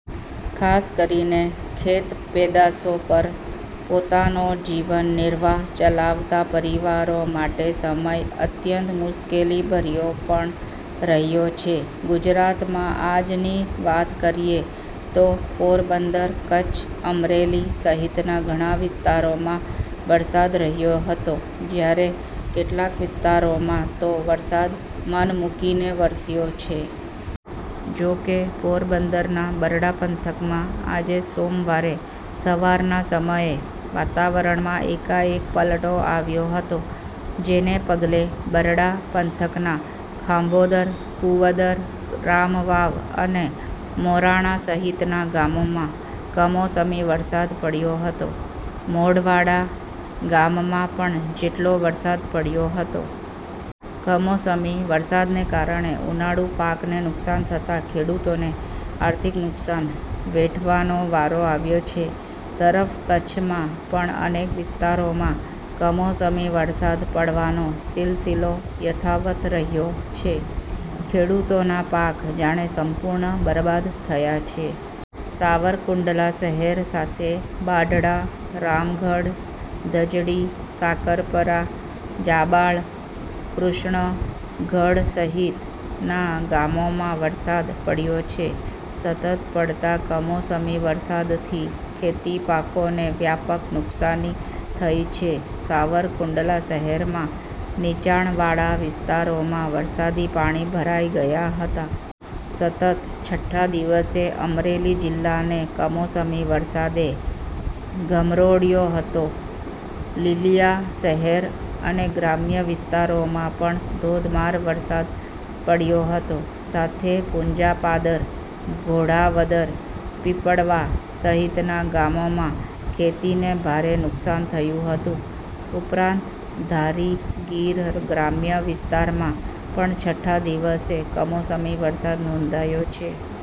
ખાસ કરીને ખેત પેદાસો પર પોતાનો જીવન નિર્વાહ ચલાવતા પરિવારો માટેસમય અત્યંત મુશ્કેલી ભર્યો પણ રહ્યો છે. ગુજરાતમાં આજની વાત કરીએ તો, પોરબંદર, કચ્છ, અમરેલી સહિતના ઘણા વિસ્તારોમાં વરસાદ રહ્યો હતો. જ્યારે કેટલાક વિસ્તારોમાં તો વરસાદ મન મુકીને વરસ્યો છે. જોકે પોરબંદરના બરડા પંથકમાં આજે સોમવારે સવારના સમયે વાતાવરણમાં એકાએક પલટો આવ્યો હતો. જેને પગલે બરડા પંથકના ખાંભોદર કુંવદર રામવાવ અને મોરાણા સહિતના ગામોમાં કમોસમી વરસાદ પડ્યો હતો. મોઢવાડા ગામમાં પણ જેટલો વરસાદ પડ્યો હતો. કમોસમી વરસાદને કારણે ઉનાળુ પાકને નુકસાન થતાં ખેડૂતોને આર્થિક નુકસાન વેઠવાનો વારો આવ્યો છે. તરફ કચ્છમાં પણ અનેક વિસ્તારોમાં કમોસમી વરસાદ પડવાનો સીલસીલો યથાવત રહ્યો છે. ખેડૂતોના પાક જાણે સંપૂર્ણ બરબાદ થયા છે. સાવરકુંડલા શહેર સાથે બાઢડા, રામગઢ, ધજડી, સાકરપરા, જાબાળ, કૃષ્ણ ગઢ સહિતના ગામોમાં વરસાદ પડ્યો છે. સતત પડતા કમોસમી વરસાદથી ખેતીપાકોને વ્યાપક નુકશાની થઈ છે. સાવરકુંડલા શહેરમાં નીચાણ વાળા વિસ્તારોમાં વરસાદી પાણી ભરાઈ ગયા હતા. સતત છઠ્ઠા દિવસે અમરેલી જિલ્લાને કમોસમી વરસાદે ધમરોળ્યો હતો. લીલીયા શહેર અને ગ્રામ્ય વિસ્તારોમાં પણ ધોધમાર વરસાદ પડ્યો હતો. સાથેપુંજાપાદર, ગોઢાવદર, પીપળવા, સહિતના ગામોમાં ખેતીને ભારે નુકસાન થયું હતું. ઉપરાંત ધારી ગીર ગ્રામ્ય વિસ્તારમાં પણ છઠ્ઠા દિવસે કમોસમી વરસાદ નોંધાયો છે.